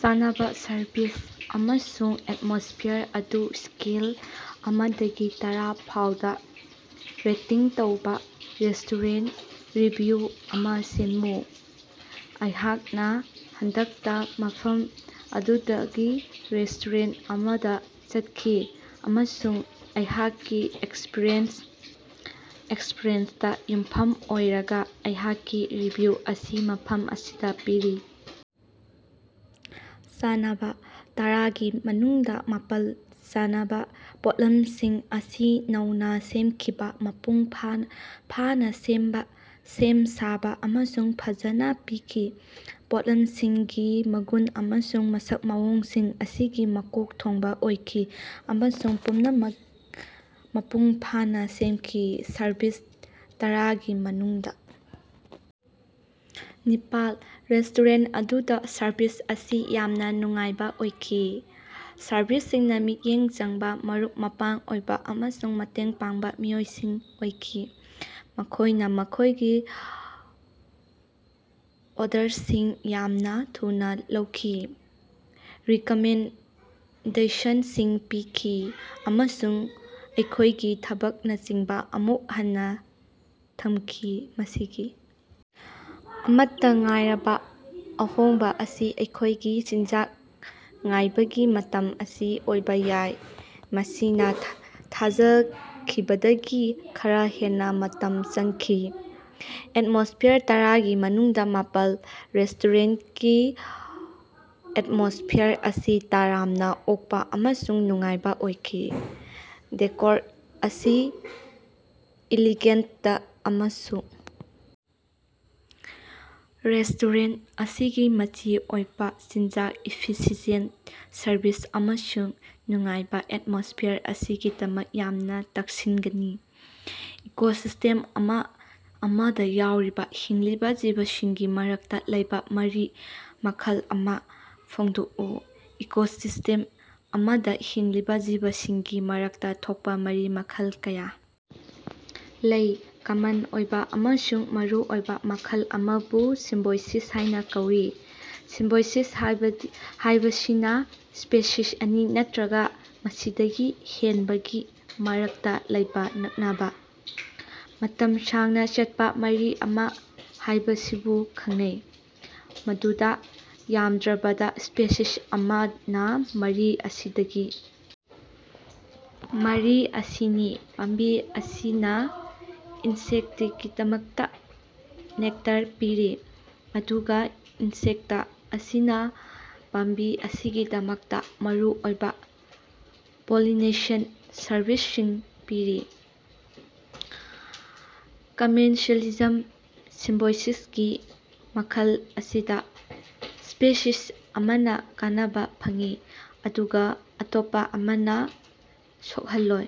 ꯆꯥꯅꯕ ꯁꯔꯚꯤꯁ ꯑꯃꯁꯨꯡ ꯑꯦꯠꯃꯣꯁꯐ꯭ꯌꯔ ꯑꯗꯨ ꯁ꯭ꯀꯦꯜ ꯑꯃꯗꯒꯤ ꯇꯔꯥ ꯐꯥꯎꯗ ꯔꯦꯇꯤꯡ ꯇꯧꯕ ꯔꯦꯁꯇꯣꯔꯦꯟꯇ ꯔꯤꯚꯤꯌꯨ ꯑꯃ ꯁꯦꯝꯃꯨ꯫ ꯑꯩꯍꯥꯛꯅ ꯍꯟꯗꯛꯇ ꯃꯐꯝ ꯑꯗꯨꯒꯤ ꯔꯦꯁꯇꯣꯔꯦꯟꯇ ꯑꯃꯗ ꯆꯠꯈꯤ ꯑꯃꯁꯨꯡ ꯑꯩꯍꯥꯛꯀꯤ ꯑꯦꯛꯁꯄꯔꯤꯌꯦꯟꯁꯇ ꯌꯨꯝꯐꯝ ꯑꯣꯏꯔꯒ ꯑꯩꯍꯥꯛꯀꯤ ꯔꯤꯚꯤꯌꯨ ꯑꯁꯤ ꯃꯐꯝ ꯑꯁꯤꯗ ꯄꯤꯔꯤ꯫ ꯆꯥꯅꯕ: ꯇꯔꯥꯒꯤ ꯃꯅꯨꯡꯗ ꯃꯥꯄꯜ, ꯆꯥꯅꯕ ꯄꯣꯠꯂꯝꯁꯤꯡ ꯑꯁꯤ ꯅꯧꯅ ꯁꯦꯝꯈꯤꯕ, ꯃꯄꯨꯡ ꯐꯥꯅ ꯁꯦꯝ ꯁꯥꯕ ꯑꯃꯁꯨꯡ ꯐꯖꯅ ꯄꯤꯈꯤ꯫ ꯄꯣꯠꯂꯝꯁꯤꯡꯒꯤ ꯃꯒꯨꯟ ꯑꯃꯁꯨꯡ ꯃꯁꯛ ꯃꯑꯣꯡꯁꯤꯡ ꯑꯁꯤ ꯃꯀꯣꯛ ꯊꯣꯡꯕ ꯑꯣꯏꯈꯤ ꯑꯃꯁꯨꯡ ꯄꯨꯝꯅꯃꯛ ꯃꯄꯨꯡ ꯐꯥꯅ ꯁꯦꯝꯈꯤ꯫ ꯁꯔꯚꯤꯁ: ꯇꯔꯥꯒꯤ ꯃꯅꯨꯡꯗ ꯅꯤꯄꯥꯜ, ꯔꯦꯁꯇꯣꯔꯦꯟꯇ ꯑꯗꯨꯗ ꯁꯔꯚꯤꯁ ꯑꯁꯤ ꯌꯥꯝꯅ ꯅꯨꯡꯉꯥꯏꯕ ꯑꯣꯏꯈꯤ꯫ ꯁ꯭ꯇꯥꯐꯁꯤꯡꯅ ꯃꯤꯠꯌꯦꯡ ꯆꯪꯕ, ꯃꯔꯨꯞ-ꯃꯄꯥꯡ ꯑꯣꯏꯕ ꯑꯃꯁꯨꯡ ꯃꯇꯦꯡ ꯄꯥꯡꯕ ꯃꯤꯑꯣꯏꯁꯤꯡ ꯑꯣꯏꯈꯤ꯫ ꯃꯈꯣꯏꯅ ꯑꯩꯈꯣꯏꯒꯤ ꯑꯣꯔꯗꯔꯁꯤꯡ ꯌꯥꯝꯅ ꯊꯨꯅ ꯂꯧꯈꯤ, ꯔꯤꯀꯃꯦꯟꯗꯦꯁꯟꯁꯤꯡ ꯄꯤꯈꯤ ꯑꯃꯁꯨꯡ ꯑꯩꯈꯣꯏꯒꯤ ꯊꯛꯅꯕꯁꯤꯡ ꯑꯃꯨꯛ ꯍꯟꯅ ꯊꯝꯈꯤ꯫ ꯃꯁꯤꯒꯤ ꯑꯃꯠꯇ ꯉꯥꯏꯔꯕ ꯑꯍꯣꯡꯕ ꯑꯁꯤ ꯑꯩꯈꯣꯏꯒꯤ ꯆꯤꯟꯖꯥꯛ ꯉꯥꯏꯕꯒꯤ ꯃꯇꯝ ꯑꯁꯤ ꯑꯣꯏꯕ ꯌꯥꯏ, ꯃꯁꯤꯅ ꯊꯥꯖꯈꯤꯕꯗꯒꯤ ꯈꯔ ꯍꯦꯟꯅ ꯃꯇꯝ ꯆꯪꯈꯤ꯫ ꯑꯦꯠꯃꯣꯁꯐ꯭ꯌꯔ: ꯇꯔꯥꯒꯤ ꯃꯅꯨꯡꯗ ꯃꯥꯄꯜ, ꯔꯦꯁꯇꯣꯔꯦꯟꯇꯀꯤ ꯑꯦꯠꯃꯣꯁꯐ꯭ꯌꯔ ꯑꯁꯤ ꯇꯔꯥꯝꯅ ꯑꯣꯛꯄ ꯑꯃꯁꯨꯡ ꯅꯨꯡꯉꯥꯏꯕ ꯑꯣꯏꯈꯤ꯫ ꯗꯦꯀꯣꯔ ꯑꯁꯤ ꯏꯂꯤꯒꯦꯟꯇ ꯑꯃꯁꯨꯡ ꯔꯦꯁꯇꯣꯔꯦꯟꯇ ꯑꯁꯤꯒꯤ ꯃꯆꯤ ꯑꯣꯏꯕ ꯆꯤꯟꯖꯥꯛ, ꯏꯐꯤꯁꯤꯌꯦꯟꯇ ꯁꯔꯚꯤꯁ ꯑꯃꯁꯨꯡ ꯅꯨꯡꯉꯥꯏꯕ ꯑꯦꯠꯃꯣꯁꯐ꯭ꯌꯔ ꯑꯁꯤꯒꯤꯗꯃꯛ ꯌꯥꯝꯅ ꯇꯛꯁꯤꯠꯒꯅꯤ꯫ ꯏꯀꯣꯁꯤꯁꯇꯦꯝ ꯑꯃꯗ ꯌꯥꯎꯔꯤꯕ ꯍꯤꯡꯂꯤꯕ ꯖꯤꯕꯁꯤꯡꯒꯤ ꯃꯔꯛꯇ ꯂꯩꯕ ꯃꯔꯤ ꯃꯈꯜ ꯑꯃ ꯐꯣꯡꯗꯣꯛꯎ꯫ ꯏꯀꯣꯁꯤꯁꯇꯦꯝ ꯑꯃꯗ ꯍꯤꯡꯂꯤꯕ ꯖꯤꯕꯁꯤꯡꯒꯤ ꯃꯔꯛꯇ ꯊꯣꯛꯄ ꯃꯔꯤ ꯃꯈꯜ ꯀꯌꯥ ꯂꯩ꯫ ꯀꯃꯟ ꯑꯣꯏꯕ ꯑꯃꯁꯨꯡ ꯃꯔꯨꯑꯣꯏꯕ ꯃꯈꯜ ꯑꯃꯕꯨ ꯁꯤꯝꯕꯣꯏꯁꯤꯁ ꯍꯥꯏꯅ ꯀꯧꯏ꯫ ꯁꯤꯝꯕꯣꯏꯁꯤꯁ ꯍꯥꯏꯕꯁꯤꯅ ꯁ꯭ꯄꯦꯁꯤꯁ ꯑꯅꯤ ꯅꯠꯇ꯭ꯔꯒ ꯃꯁꯤꯗꯒꯤ ꯍꯦꯟꯕꯒꯤ ꯃꯔꯛꯇ ꯂꯩꯕ ꯅꯛꯅꯕ, ꯃꯇꯝ ꯁꯥꯡꯅ ꯆꯠꯄ ꯃꯔꯤ ꯑꯃ ꯍꯥꯏꯕꯁꯤꯕꯨ ꯈꯪꯅꯩ, ꯃꯗꯨꯗ ꯌꯥꯝꯗ꯭ꯔꯕꯗ ꯁ꯭ꯄꯦꯁꯤꯁ ꯑꯃꯅ ꯃꯔꯤ ꯑꯁꯤꯗꯒꯤ ꯃꯔꯤ ꯑꯁꯤꯅꯤ꯫ ꯄꯥꯝꯕꯤ ꯑꯁꯤꯅ ꯏꯟꯁꯦꯛꯇꯀꯤꯗꯃꯛꯇ ꯅꯦꯛꯇꯔ ꯄꯤꯔꯤ, ꯑꯗꯨꯒ ꯏꯟꯁꯦꯛꯇ ꯑꯁꯤꯅ ꯄꯥꯝꯕꯤ ꯑꯁꯤꯒꯤꯗꯃꯛꯇ ꯃꯔꯨꯑꯣꯏꯕ ꯄꯣꯂꯤꯅꯦꯁꯟ ꯁꯔꯚꯤꯁꯁꯤꯡ ꯄꯤꯔꯤ꯫ ꯀꯃꯦꯟꯁꯥꯂꯤꯖꯝ: ꯁꯤꯝꯕꯣꯏꯁꯤꯁꯀꯤ ꯃꯈꯜ ꯑꯁꯤꯗ, ꯁ꯭ꯄꯦꯁꯤꯁ ꯑꯃꯅ ꯀꯥꯟꯅꯕ ꯐꯪꯏ ꯑꯗꯨꯒ ꯑꯇꯣꯞꯄ ꯑꯃꯅ ꯁꯣꯛꯍꯜꯂꯣꯏ꯫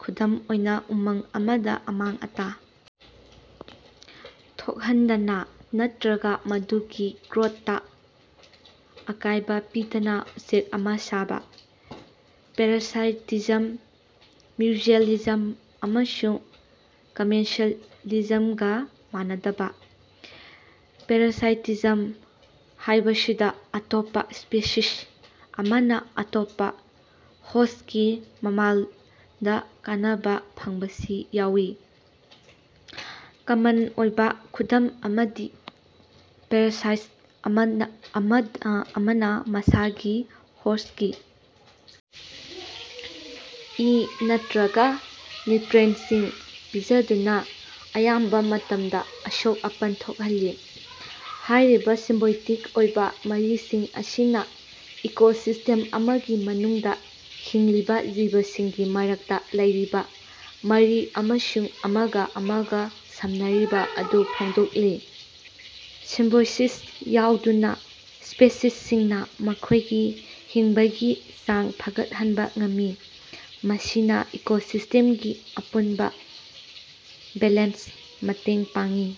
ꯈꯨꯗꯝ ꯑꯣꯏꯅ, ꯎꯃꯪ ꯑꯃꯗ ꯑꯃꯥꯡ-ꯑꯇꯥ ꯊꯣꯛꯍꯟꯗꯅ ꯅꯠꯇ꯭ꯔꯒ ꯃꯗꯨꯒꯤ ꯒ꯭ꯔꯣꯊꯇ ꯑꯀꯥꯏꯕ ꯄꯤꯗꯅ ꯎꯆꯦꯛ ꯑꯃ ꯁꯥꯕ꯫ ꯄꯦꯔꯥꯁꯥꯏꯇꯤꯖꯝ: ꯃ꯭ꯌꯨꯆꯨꯑꯦꯂꯤꯖꯝ ꯑꯃꯁꯨꯡ ꯀꯃꯦꯟꯁꯥꯂꯤꯖꯝꯒ ꯃꯥꯟꯅꯗꯕ, ꯄꯦꯔꯥꯁꯥꯏꯇꯤꯖꯝ ꯍꯥꯐꯕꯁꯤꯗ ꯑꯇꯣꯞꯄ ꯁ꯭ꯄꯦꯁꯤꯁ ꯑꯃꯅ ꯑꯇꯣꯞꯄ ꯍꯣꯁ꯭ꯠꯀꯤ ꯃꯃꯜꯗ ꯀꯥꯟꯅꯕ ꯐꯪꯕꯁꯤ ꯌꯥꯎꯏ꯫ ꯀꯃꯟ ꯑꯣꯏꯕ ꯈꯨꯗꯝ ꯑꯃꯗꯤ ꯄꯦꯔꯥꯁꯥꯏꯠ ꯑꯃꯅ ꯃꯁꯥꯒꯤ ꯍꯣꯁ꯭ꯠꯀꯤ ꯏ ꯅꯠꯇ꯭ꯔꯒ ꯅ꯭ꯌꯨꯇ꯭ꯔꯤꯑꯦꯟꯇꯁꯤꯡ ꯄꯤꯖꯗꯨꯅ ꯑꯌꯥꯝꯕ ꯃꯇꯝꯗ ꯑꯁꯣꯛ-ꯑꯄꯟ ꯊꯣꯛꯍꯜꯂꯤ꯫ ꯍꯥꯐꯔꯤꯕ ꯁꯤꯝꯕꯣꯏꯇꯤꯛ ꯑꯣꯏꯕ ꯃꯔꯤꯁꯤꯡ ꯑꯁꯤꯅ ꯏꯀꯣꯁꯤꯁ꯭ꯇꯦꯝ ꯑꯃꯒꯤ ꯃꯅꯨꯡꯗ ꯍꯤꯡꯂꯤꯕ ꯖꯤꯕꯁꯤꯡꯒꯤ ꯃꯔꯛꯇ ꯂꯩꯔꯤꯕ ꯃꯔꯤ ꯑꯃꯁꯨꯡ ꯑꯃꯒ ꯑꯃꯒ ꯁꯝꯅꯔꯤꯕ ꯑꯗꯨ ꯐꯣꯡꯗꯣꯛꯂꯤ꯫ ꯁꯤꯝꯕꯣꯏꯁꯤꯁꯇ ꯌꯥꯎꯗꯨꯅ, ꯁ꯭ꯄꯦꯁꯤꯁꯁꯤꯡꯅ ꯃꯈꯣꯏꯒꯤ ꯍꯤꯡꯕꯒꯤ ꯆꯥꯡ ꯐꯒꯠꯍꯟꯕ ꯉꯝꯃꯤ, ꯃꯁꯤꯅ ꯏꯀꯣꯁꯤꯁꯇꯦꯝꯒꯤ ꯑꯄꯨꯟꯕ ꯕꯦꯂꯦꯟꯁꯇ ꯃꯇꯦꯡ ꯄꯥꯡꯏ꯫